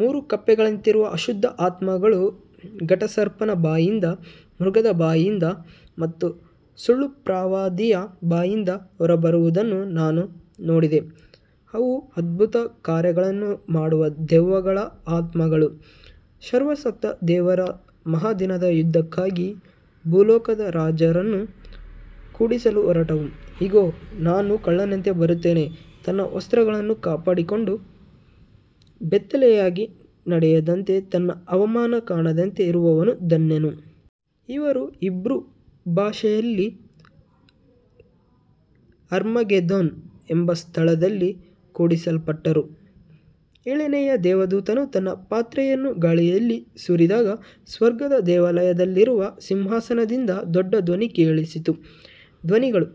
ಮೂರು ಕಪ್ಪೆಗಳಂತಿರುವ ಅಶುದ್ಧ ಆತ್ಮಗಳು ಘಟಸರ್ಪನ ಬಾಯಿಂದ, ಮೃಗದ ಬಾಯಿಂದ ಮತ್ತು ಸುಳ್ಳುಪ್ರವಾದಿಯ ಬಾಯಿಂದ ಹೊರಬರುವುದನ್ನು ನಾನು ನೋಡಿದೆ. ಅವು ಅದ್ಭುತಕಾರ್ಯಗಳನ್ನು ಮಾಡುವ ದೆವ್ವಗಳ ಆತ್ಮಗಳು, ಸರ್ವಶಕ್ತ ದೇವರ ಮಹಾದಿನದ ಯುದ್ಧಕ್ಕಾಗಿ ಭೂಲೋಕದ ರಾಜರನ್ನು ಕೂಡಿಸಲು ಹೊರಟವು. ಇಗೋ, ನಾನು ಕಳ್ಳನಂತೆ ಬರುತ್ತೇನೆ. ತನ್ನ ವಸ್ತ್ರಗಳನ್ನು ಕಾಪಾಡಿಕೊಂಡು ಬೆತ್ತಲೆಯಾಗಿ ನಡೆಯದಂತೆ, ತನ್ನ ಅವಮಾನ ಕಾಣದಂತೆ ಇರುವವನು ಧನ್ಯನು. ಅವರು ಹೀಬ್ರೂ ಭಾಷೆಯಲ್ಲಿ ಅರ್ಮಗೆದೋನ್ ಎಂಬ ಸ್ಥಳದಲ್ಲಿ ಕೂಡಿಸಲ್ಪಟ್ಟರು. ಏಳನೆಯ ದೇವದೂತನು ತನ್ನ ಪಾತ್ರೆಯನ್ನು ಗಾಳಿಯಲ್ಲಿ ಸುರಿದಾಗ, ಸ್ವರ್ಗದ ದೇವಾಲಯದಲ್ಲಿರುವ ಸಿಂಹಾಸನದಿಂದ ದೊಡ್ಡ ಧ್ವನಿ ಕೇಳಿಸಿತು. ಧ್ವನಿಗಳು,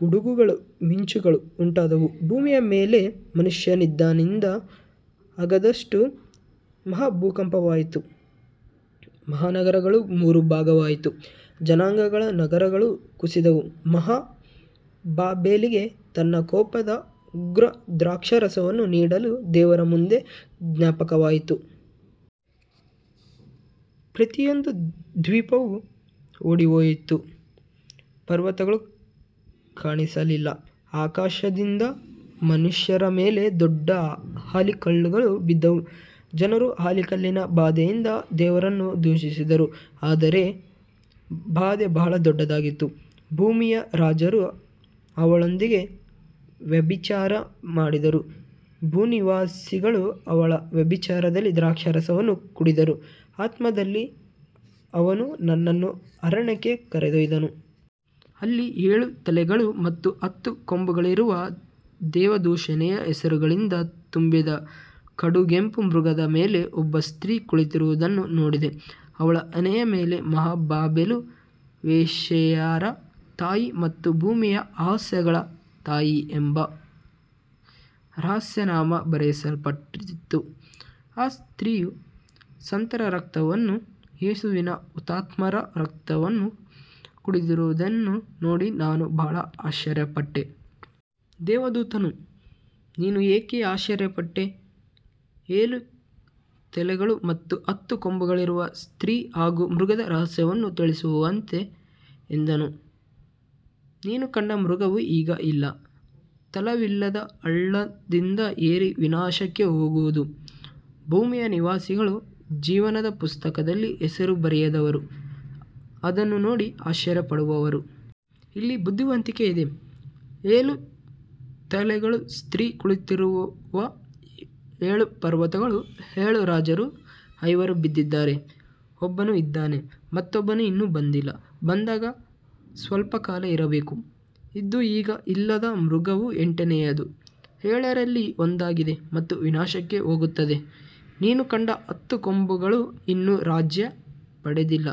ಗುಡುಗುಗಳು, ಮಿಂಚುಗಳು ಉಂಟಾದವು, ಭೂಮಿಯ ಮೇಲೆ ಮನುಷ್ಯನಿದ್ದಂದಿನಿಂದ ಆಗದಷ್ಟು ಮಹಾಭೂಕಂಪವಾಯಿತು. ಮಹಾನಗರವು ಮೂರು ಭಾಗವಾಯಿತು, ಜನಾಂಗಗಳ ನಗರಗಳು ಕುಸಿದವು, ಮಹಾ ಬಾಬೆಲಿಗೆ ತನ್ನ ಕೋಪದ ಉಗ್ರದ್ರಾಕ್ಷಾರಸವನ್ನು ನೀಡಲು ದೇವರ ಮುಂದೆ ಜ್ಞಾಪಕವಾಯಿತು. ಪ್ರತಿಯೊಂದು ದ್ವೀಪವೂ ಓಡಿಹೋಯಿತು, ಪರ್ವತಗಳು ಕಾಣಿಸಲಿಲ್ಲ. ಆಕಾಶದಿಂದ ಮನುಷ್ಯರ ಮೇಲೆ ದೊಡ್ಡ ಆಲಿಕಲ್ಲುಗಳು ಬಿದ್ದವು, ಜನರು ಆಲಿಕಲ್ಲಿನ ಬಾಧೆಯಿಂದ ದೇವರನ್ನು ದೂಷಿಸಿದರು, ಅದರ ಬಾಧೆ ಬಹಳ ದೊಡ್ಡದಾಗಿತ್ತು. ಭೂಮಿಯ ರಾಜರು ಅವಳೊಂದಿಗೆ ವ್ಯಭಿಚಾರ ಮಾಡಿದರು, ಭೂನಿವಾಸಿಗಳು ಅವಳ ವ್ಯಭಿಚಾರದ ದ್ರಾಕ್ಷಾರಸವನ್ನು ಕುಡಿದರು. ಆತ್ಮದಲ್ಲಿ ಅವನು ನನ್ನನ್ನು ಅರಣ್ಯಕ್ಕೆ ಕರೆದೊಯ್ದನು. ಅಲ್ಲಿ ಏಳು ತಲೆಗಳು ಮತ್ತು ಹತ್ತು ಕೊಂಬುಗಳಿರುವ, ದೇವದೂಷಣೆಯ ಹೆಸರುಗಳಿಂದ ತುಂಬಿದ ಕಡುಗೆಂಪು ಮೃಗದ ಮೇಲೆ ಒಬ್ಬ ಸ್ತ್ರೀ ಕುಳಿತಿರುವುದನ್ನು ನೋಡಿದೆ. ಅವಳ ಹಣೆಯ ಮೇಲೆ, ಮಹಾ ಬಾಬೆಲು, ವೇಶ್ಯೆಯರ ತಾಯಿ ಮತ್ತು ಭೂಮಿಯ ಅಸಹ್ಯಗಳ ತಾಯಿ ಎಂಬ ರಹಸ್ಯನಾಮ ಬರೆಯಲ್ಪಟ್ಟಿತ್ತು. ಆ ಸ್ತ್ರೀಯು ಸಂತರ ರಕ್ತವನ್ನೂ ಯೇಸುವಿನ ಹುತಾತ್ಮರ ರಕ್ತವನ್ನೂ ಕುಡಿದಿರುವುದನ್ನು ನೋಡಿ ನಾನು ಬಹಳ ಆಶ್ಚರ್ಯಪಟ್ಟೆ. ದೇವದೂತನು, ನೀನು ಏಕೆ ಆಶ್ಚರ್ಯಪಟ್ಟೆ, ಏಳು ತಲೆಗಳು ಮತ್ತು ಹತ್ತು ಕೊಂಬುಗಳಿರುವ ಸ್ತ್ರೀ ಹಾಗೂ ಮೃಗದ ರಹಸ್ಯವನ್ನು ತಿಳಿಸುತ್ತೇನೆ ಎಂದನು. ನೀನು ಕಂಡ ಮೃಗವು ಈಗ ಇಲ್ಲ, ತಳವಿಲ್ಲದ ಹಳ್ಳದಿಂದ ಏರಿ ವಿನಾಶಕ್ಕೆ ಹೋಗುವುದು. ಭೂಮಿಯ ನಿವಾಸಿಗಳು, ಜೀವನದ ಪುಸ್ತಕದಲ್ಲಿ ಹೆಸರು ಬರೆಯದವರು, ಅದನ್ನು ನೋಡಿ ಆಶ್ಚರ್ಯಪಡುವರು. ಇಲ್ಲಿ ಬುದ್ಧಿವಂತಿಕೆ ಇದೆ. ಏಳು ತಲೆಗಳು ಸ್ತ್ರೀ ಕುಳಿತಿರುವ ಏಳು ಪರ್ವತಗಳು, ಏಳು ರಾಜರು. ಐವರು ಬಿದ್ದಿದ್ದಾರೆ, ಒಬ್ಬನು ಇದ್ದಾನೆ, ಮತ್ತೊಬ್ಬನು ಇನ್ನೂ ಬಂದಿಲ್ಲ, ಬಂದಾಗ ಸ್ವಲ್ಪಕಾಲ ಇರಬೇಕು. ಇದ್ದು ಈಗ ಇಲ್ಲದ ಮೃಗವು ಎಂಟನೆಯದು, ಏಳರಲ್ಲಿ ಒಂದಾಗಿದೆ ಮತ್ತು ವಿನಾಶಕ್ಕೆ ಹೋಗುತ್ತದೆ. ನೀನು ಕಂಡ ಹತ್ತು ಕೊಂಬುಗಳು ಇನ್ನೂ ರಾಜ್ಯ ಪಡೆದಿಲ್ಲ,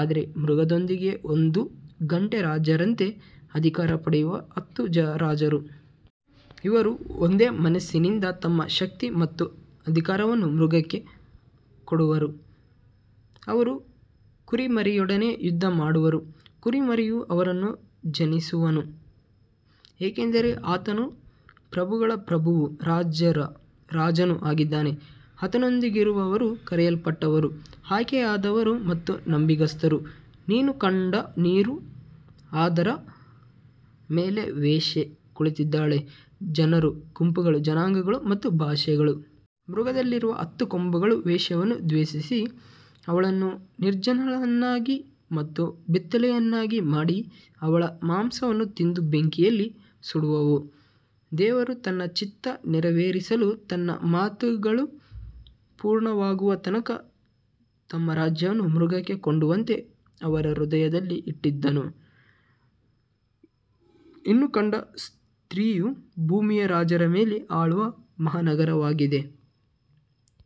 ಆದರೆ ಮೃಗದೊಂದಿಗೆ ಒಂದು ಗಂಟೆ ರಾಜರಂತೆ ಅಧಿಕಾರ ಪಡೆಯುವ ಹತ್ತು ರಾಜರು. ಇವರು ಒಂದೇ ಮನಸ್ಸಿನಿಂದ ತಮ್ಮ ಶಕ್ತಿ ಮತ್ತು ಅಧಿಕಾರವನ್ನು ಮೃಗಕ್ಕೆ ಕೊಡುವರು. ಅವರು ಕುರಿಮರಿಯೊಡನೆ ಯುದ್ಧ ಮಾಡುವರು, ಕುರಿಮರಿಯು ಅವರನ್ನು ಜಯಿಸುವನು, ಏಕೆಂದರೆ ಆತನು ಪ್ರಭುಗಳ ಪ್ರಭುವೂ ರಾಜರ ರಾಜನೂ ಆಗಿದ್ದಾನೆ, ಆತನೊಂದಿಗಿರುವವರು ಕರೆಯಲ್ಪಟ್ಟವರು, ಆಯ್ಕೆಯಾದವರು ಮತ್ತು ನಂಬಿಗಸ್ತರು. ನೀನು ಕಂಡ ನೀರು, ಅದರ ಮೇಲೆ ವೇಶ್ಯೆ ಕುಳಿತಿದ್ದಾಳೆ, ಜನರು, ಗುಂಪುಗಳು, ಜನಾಂಗಗಳು ಮತ್ತು ಭಾಷೆಗಳು. ಮೃಗದಲ್ಲಿರುವ ಹತ್ತು ಕೊಂಬುಗಳು ವೇಶ್ಯೆಯನ್ನು ದ್ವೇಷಿಸಿ, ಅವಳನ್ನು ನಿರ್ಜನಳನ್ನಾಗಿ ಮತ್ತು ಬೆತ್ತಲೆಯನ್ನಾಗಿ ಮಾಡಿ, ಅವಳ ಮಾಂಸವನ್ನು ತಿಂದು ಬೆಂಕಿಯಲ್ಲಿ ಸುಡುವವು. ದೇವರು ತನ್ನ ಚಿತ್ತ ನೆರವೇರಿಸಲು, ತನ್ನ ಮಾತುಗಳು ಪೂರ್ಣವಾಗುವ ತನಕ ತಮ್ಮ ರಾಜ್ಯವನ್ನು ಮೃಗಕ್ಕೆ ಕೊಡುವಂತೆ ಅವರ ಹೃದಯದಲ್ಲಿ ಇಟ್ಟಿದ್ದಾನೆ. ನೀನು ಕಂಡ ಸ್ತ್ರೀಯು ಭೂಮಿಯ ರಾಜರ ಮೇಲೆ ಆಳುವ ಮಹಾನಗರವಾಗಿದೆ.